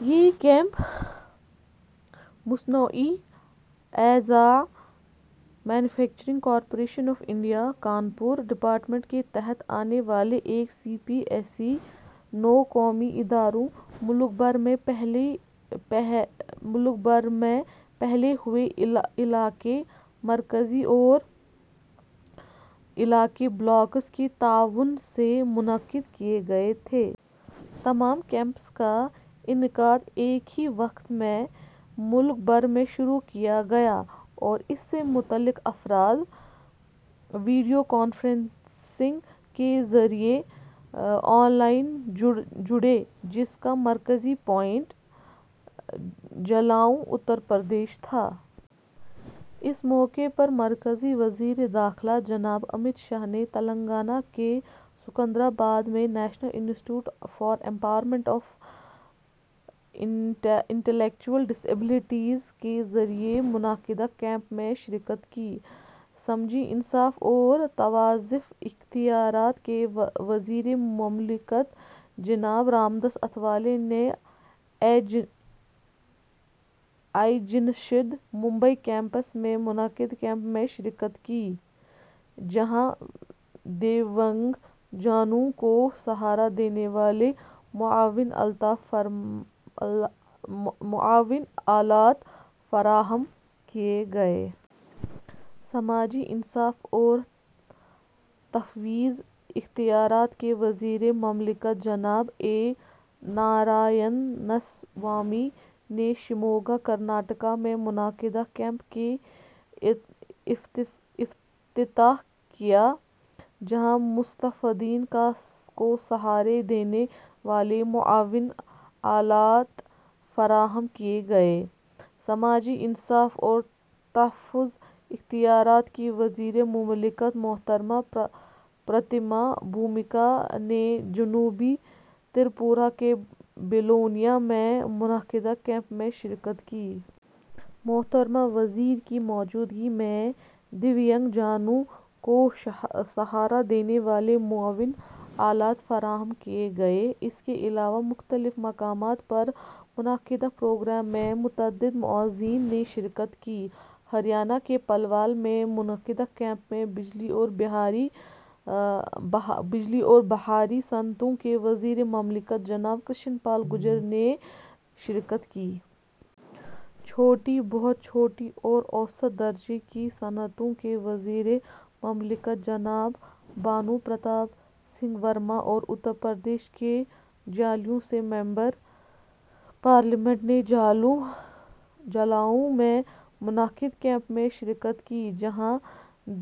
یہ کیمپ مصنوعی اعضاء manufacturing corporation of India, Kanpur, محکمہ کے تحت آنے والا ایک سی پی ایس ای ، نو قومی اداروں، ملک بھر میں پھیلے ہوئے علاقائی مراکز اور علاقائی بلاکس کے تعاون سے منعقد کیے گئے تھے۔ تمام کیمپس کا انعقاد ایک ہی وقت میں ملک بھر میں شروع کیا گیا اور اس سے متعلق افراد ویڈیو کانفرنسنگ کے ذریعے آن لائن جڑے، جس کا مرکزی پوائنٹ جالون، اتر پردیش تھا۔ اس موقع پر مرکزی وزیر داخلہ جناب امت شاہ نے تلنگانہ کے سکندرآباد میں national institute for empowerment of intellectual disabilities کے ذریعہ منعقدہ کیمپ میں شرکت کی۔ سماجی انصاف اور تفویض اختیارات کے وزیر مملکت جناب رام داس اٹھاولے نے A Y J N I S H D, Mumbai campus میں منعقدہ کیمپ میں شرکت کی، جہاں دیویانگ جنوں کو سہارا دینے والے معاون آلات فراہم کیے گئے۔ سماجی انصاف اور تفویض اختیارات کے وزیر مملکت جناب اے۔ نارائن سوامی نے شیموگا، کرناٹک میں منعقدہ کیمپ کا افتتاح کیا، جہاں مستفیدین کو سہارا دینے والے معاون آلات فراہم کیے گئے۔ سماجی انصاف اور تفویض اختیارات کی وزیر مملکت محترمہ پرتیما بھومک، نے جنوبی تریپورہ کے بیلونیا میں منعقدہ کیمپ میں شرکت کی۔ محترمہ وزیر کی موجودگی میں دیویانگ جنوں کو سہارا دینے والے معاون آلات فراہم کیے گئے۔ اس کے علاوہ مختلف مقامات پر منعقدہ پروگرام میں متعدد معززین نے شرکت کی۔ ہریانہ کے پلول میں منعقدہ کیمپ میں بجلی اور بھاری صنعتوں کے وزیر مملکت جناب کرشن پال گرجر نے شرکت کی۔ چھوٹی، بہت چھوٹی اور اوسط درجے کی صنعتوں کے وزیر مملکت جناب بھانو پرتاپ سنگھ ورما، اور اترپردیش کے جالون سے ممبر پارلیمنٹ نے جالون میں منعقدہ کیمپ میں شرکت کی، جہاں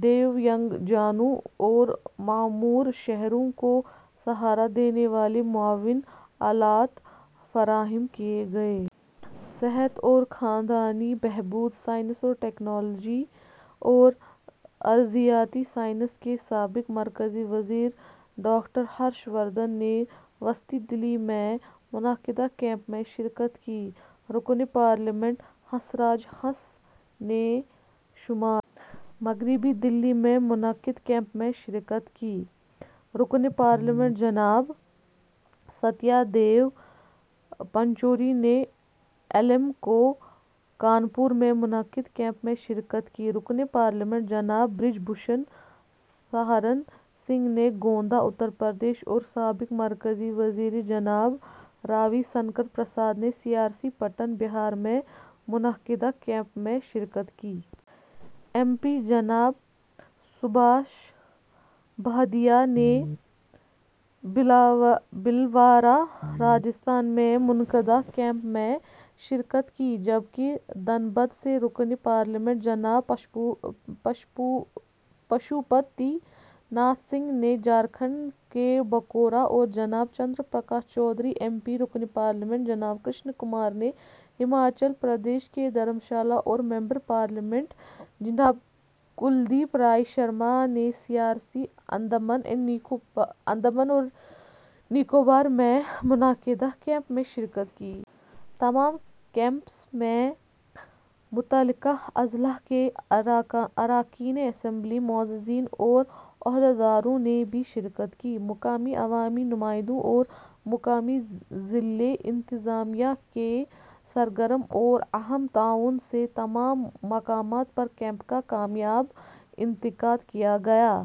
دیویانگجنوں اور معمر شہریوں کو سہارا دینے والے معاون آلات فراہم کیے گئے۔ صحت اور خاندانی بہبود، سائنس اور ٹیکنالوجی اور ارضیاتی سائنسز کے سابق مرکزی وزیر ڈاکٹر ہرش وردھن نے وسطی دہلی میں منعقدہ کیمپ میں شرکت کی۔ رکن پارلیمنٹ ہنس راج ہنس نے شمال مغربی دہلی میں منعقد کیمپ میں شرکت کی، رکن پارلیمنٹ جناب ستیہ دیو پچوری نےاے L I M C O, Kanpur میں منعقد کیمپ میں شرکت کی، رکن پارلیمنٹ جناب برج بھوشن شرن سنگھ نے گونڈہ، اتر پردیش اور سابق مرکزی وزیرجناب روی شنکر پرسار نے سی آر سی پٹنہ، بہار میں منعقدہ کیمپ میں شرکت کی۔ ایم پی جناب سبھاش بہیڈیا نے بھیلواڑہ، راجستھان میں منعقدہ کیمپ میں شرکت کی جبکہ دھنباد سے رکن پارلیمنٹ جناب پشوپتی ناتھ سنگھ نے جھارکھنڈ کے بوکارو، اور جناب چندر پرکاش چودھری، ایم پی ،رکن پارلیمنٹ جناب کشن کمار نے ہماچل پردیش کے دھرم شالہ اور ممبر پارلیمنٹ جناب کلدیپ رائے شرما نے سی آر سی انڈمان اور نکوبار میں منعقدہ کیمپ میں شرکت کی۔ تمام کیمپوں میں متعلقہ اضلاع کے اراکین اسمبلی، معززین اور عہدیداروں نے بھی شرکت کی۔ مقامی عوامی نمائندوں اور مقامی ضلعی انتظامیہ کے سرگرم اور اہم تعاون سے تمام مقامات پر کیمپ کا کامیاب انعقاد کیا گیا۔